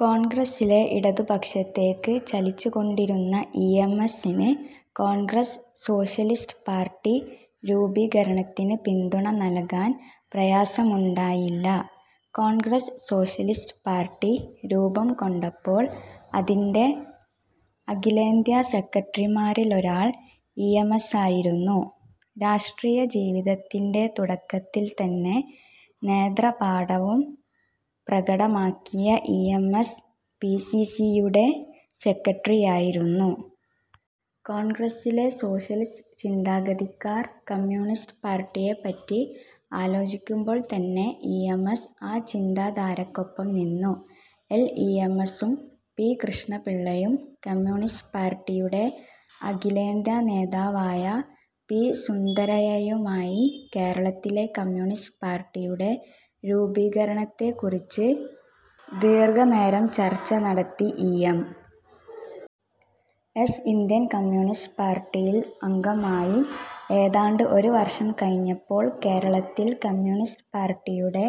കോൺഗ്രസ്സിലെ ഇടതുപക്ഷത്തേക്ക് ചലിച്ചുകൊണ്ടിരുന്ന E. M. എസ്സിന് കോൺഗ്രസ് സോഷ്യലിസ്റ്റ് പാർട്ടി രൂപീകരണത്തിന് പിന്തുണ നൽകാൻ പ്രയാസമുണ്ടായില്ല. കോൺഗ്രസ് സോഷ്യലിസ്റ്റ് പാർട്ടി രൂപംകൊണ്ടപ്പോൾ അതിൻ്റെഅഖിലേന്ത്യാ സെക്രട്ടറിമാരിലൊരാൾ ഇ. എം. എസ്സായിരുന്നു. രാഷ്ട്രീയ ജീവിതത്തിൻ്റെതുടക്കത്തിൽത്തന്നെ നേതൃപാടവം പ്രകടമാക്കിയ E. M. S. P. C. C. യുടെ സെക്രട്ടറിയായിരുന്നു. കോൺഗ്രസിലെ സോഷ്യലിസ്റ്റ് ചിന്താഗതിക്കാർ കമ്മ്യൂണിസ്റ്റ് പാർട്ടിയെപ്പറ്റി ആലോചിക്കുമ്പോൾത്തന്നെ ഇ. എം. എസ്. ആ ചിന്താധാരയ്ക്കൊപ്പം നിന്നു. ൽ ഇ. എം. എസ്സും പി. കൃഷ്ണപിള്ളയും കമ്മ്യൂണിസ്റ്റ് പാർട്ടിയുടെ അഖിലേന്ത്യാ നേതാവായ പി. സുന്ദരയ്യയുമായി കേരളത്തിലെ കമ്മ്യൂണിസ്റ്റ് പാർട്ടിയുടെ രൂപീകരണത്തെക്കുറിച്ച് ദീർഘനേരം ചർച്ച നടത്തി. E. M. S. Indian communist പാർട്ടിയിൽ അംഗമായി. ഏതാണ്ട് ഒരു വർഷം കഴിഞ്ഞപ്പോൾ കേരളത്തിൽ കമ്മ്യൂണിസ്റ്റ് പാർട്ടിയുടെ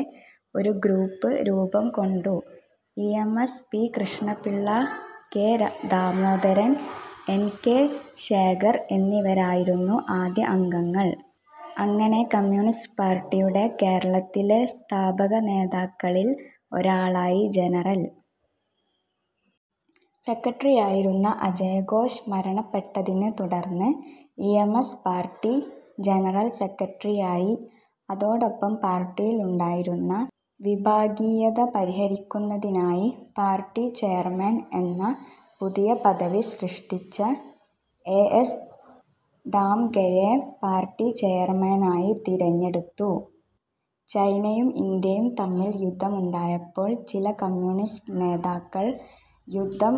ഒരു ഗ്രൂപ്പ് രൂപംകൊണ്ടു. E. M. S., P. Krishna Pillai, K. Damodaran, N. K. Sekhar എന്നിവരായിരുന്നു ആദ്യ അംഗങ്ങൾ. അങ്ങനെ കമ്മ്യൂണിസ്റ്റ് പാർട്ടിയുടെ കേരളത്തിലെ സ്ഥാപക നേതാക്കളിൽ ഒരാളായി. ജനറൽ സെക്രട്ടറിയായിരുന്ന അജയഘോഷ് മരണപ്പെട്ടതിനെ തുടർന്ന് E. M. S. Party general സെക്രട്ടറിയായി. അതോടൊപ്പം പാർട്ടിയിലുണ്ടായിരുന്ന വിഭാഗീയത പരിഹരിക്കുന്നതിനായി പാർട്ടി ചെയർമാൻ എന്ന പുതിയ പദവി സൃഷ്ടിച്ച് എ. എസ്. ഡാംഗെയെ പാർട്ടി ചെയർമാനായി തിരഞ്ഞെടുത്തു. ചൈനയും ഇന്ത്യയും തമ്മിൽ യുദ്ധമുണ്ടായപ്പോൾ ചില കമ്മ്യൂണിസ്റ്റ് നേതാക്കൾ യുദ്ധം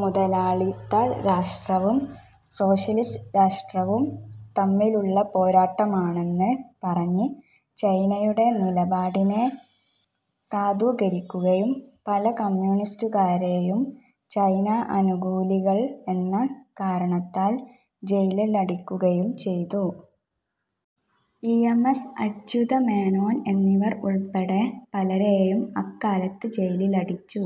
മുതലാളിത്ത രാഷ്ട്രവും സോഷ്യലിസ്റ്റ് രാഷ്ട്രവും തമ്മിലുള്ള പോരാട്ടമാണെന്ന് പറഞ്ഞ് ചൈനയുടെ നിലപാടിനെ സാധൂകരിക്കുകയും പല കമ്മ്യൂണിസ്റ്റുകാരെയും ചൈന അനുകൂലികൾ എന്ന കാരണത്താൽ ജയിലിലടക്കുകയും ചെയ്തു. E. M. S., Achutha Menon എന്നിവർ ഉൾപ്പെടെ പലരെയും അക്കാലത്ത് ജയിലിലടച്ചു.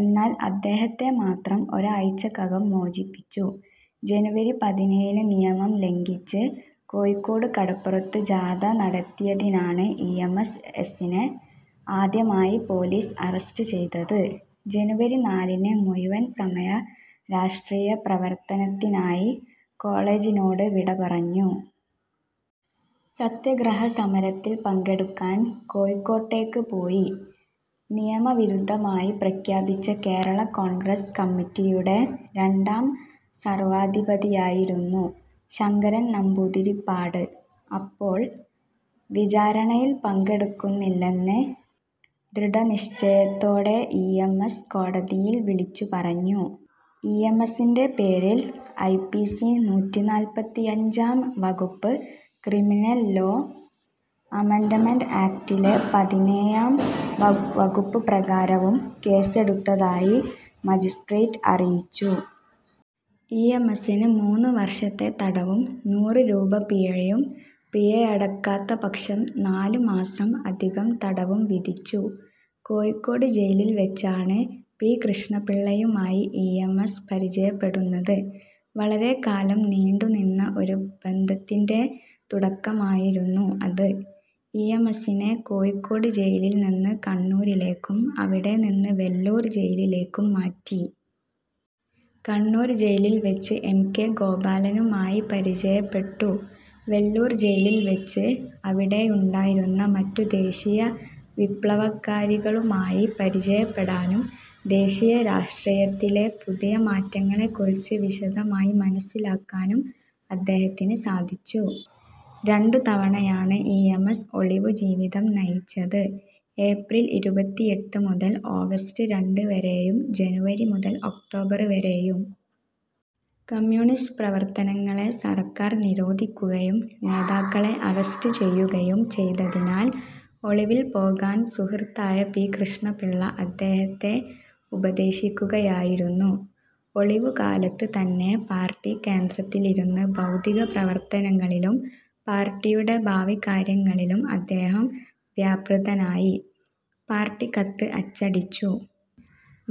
എന്നാൽ അദ്ദേഹത്തെ മാത്രം ഒരാഴ്ചയ്ക്കകം മോചിപ്പിച്ചു. ജനുവരി പതിനേഴിന് നിയമം ലംഘിച്ച് കോഴിക്കോട് കടപ്പുറത്ത് ജാഥ നടത്തിയതിനാണ് ഇ. എം. എസ്സിനെ ആദ്യമായി പോലീസ് അറസ്റ്റ് ചെയ്തത്. ജനുവരി നാലിന് മുഴുവൻ സമയ രാഷ്ട്രീയ പ്രവർത്തനത്തിനായി കോളേജിനോട് വിടപറഞ്ഞു. സത്യഗ്രഹ സമരത്തിൽ പങ്കെടുക്കാൻ കോഴിക്കോട്ടേക്ക് പോയി. നിയമവിരുദ്ധമായി പ്രഖ്യാപിച്ച കേരള കോൺഗ്രസ് കമ്മിറ്റിയുടെ രണ്ടാം സർവാധിപതിയായിരുന്നു ശങ്കരൻ നമ്പൂതിരിപ്പാട് അപ്പോൾ. വിചാരണയിൽ പങ്കെടുക്കുന്നില്ലെന്ന് ദൃഢനിശ്ചയത്തോടെ ഇ. എം. എസ്. കോടതിയിൽ വിളിച്ചുപറഞ്ഞു. ഇ. എം. എസ്സിൻ്റെപേരിൽ ഐ. പി. സി. നൂറ്റിനാൽപ്പത്തിയഞ്ചാം വകുപ്പും ക്രിമിനൽ ലോ അമെൻഡ്മെന്റ് ആക്ടിലെ പതിനേഴാം വകുപ്പുപ്രകാരവും കേസെടുത്തതായി മജിസ്ട്രേറ്റ് അറിയിച്ചു. ഇ. എം. എസ്സിന് മൂന്ന് വർഷത്തെ തടവും നൂറു രൂപ പിഴയും, പിഴയടയ്ക്കാത്ത പക്ഷം നാലുമാസം അധിക തടവും വിധിച്ചു. കോഴിക്കോട് ജയിലിൽവെച്ചാണ് പി. കൃഷ്ണപിള്ളയുമായി ഇ. എം. എസ്. പരിചയപ്പെടുന്നത്. വളരെക്കാലം നീണ്ടുനിന്ന ഒരു ബന്ധത്തിൻ്റെതുടക്കമായിരുന്നു അത്. ഇ. എം. എസ്സിനെ കോഴിക്കോട് ജയിലിൽനിന്ന് കണ്ണൂരിലേക്കും അവിടെനിന്ന് വെല്ലൂർ ജയിലിലേക്കും മാറ്റി. കണ്ണൂർ ജയിലിൽവെച്ച് എ. കെ. ഗോപാലനുമായി പരിചയപ്പെട്ടു. വെല്ലൂർ ജയിലിൽവെച്ച് അവിടെയുണ്ടായിരുന്ന മറ്റു ദേശീയ വിപ്ലവകാരികളുമായി പരിചയപ്പെടാനും ദേശീയ രാഷ്ട്രീയത്തിലെ പുതിയ മാറ്റങ്ങളെക്കുറിച്ച് വിശദമായി മനസ്സിലാക്കാനും അദ്ദേഹത്തിന് സാധിച്ചു. രണ്ടുതവണയാണ് ഇ. എം. എസ്. ഒളിവുജീവിതം നയിച്ചത്. ഏപ്രിൽ ഇരുപത്തിയെട്ട് മുതൽ ഓഗസ്റ്റ് രണ്ട് വരെയും ജനുവരി മുതൽ ഒക്ടോബർ വരെയും. കമ്മ്യൂണിസ്റ്റ് പ്രവർത്തനങ്ങളെ സർക്കാർ നിരോധിക്കുകയും നേതാക്കളെ അറസ്റ്റ് ചെയ്യുകയും ചെയ്തതിനാൽ ഒളിവിൽ പോകാൻ സുഹൃത്തായ പി. കൃഷ്ണപിള്ള അദ്ദേഹത്തെ ഉപദേശിക്കുകയായിരുന്നു. ഒളിവുകാലത്ത് തന്നെ പാർട്ടി കേന്ദ്രത്തിലിരുന്ന് ബൗദ്ധിക പ്രവർത്തനങ്ങളിലും പാർട്ടിയുടെ ഭാവികാര്യങ്ങളിലും അദ്ദേഹം വ്യാപൃതനായി. പാർട്ടിക്കത്ത് അച്ചടിച്ചു.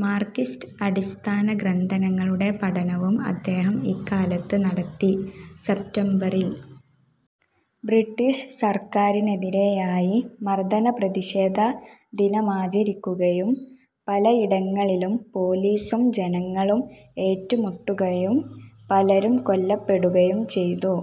മാർക്സിസ്റ്റ് അടിസ്ഥാന ഗ്രന്ഥങ്ങളുടെ പഠനവും അദ്ദേഹം ഇക്കാലത്ത് നടത്തി. സെപ്റ്റംബറിൽ ബ്രിട്ടീഷ് സർക്കാരിനെതിരായി മർദന പ്രതിഷേധ ദിനമാചരിക്കുകയും പലയിടങ്ങളിലും പോലീസും ജനങ്ങളും ഏറ്റുമുട്ടുകയും പലരും കൊല്ലപ്പെടുകയും ചെയ്തു.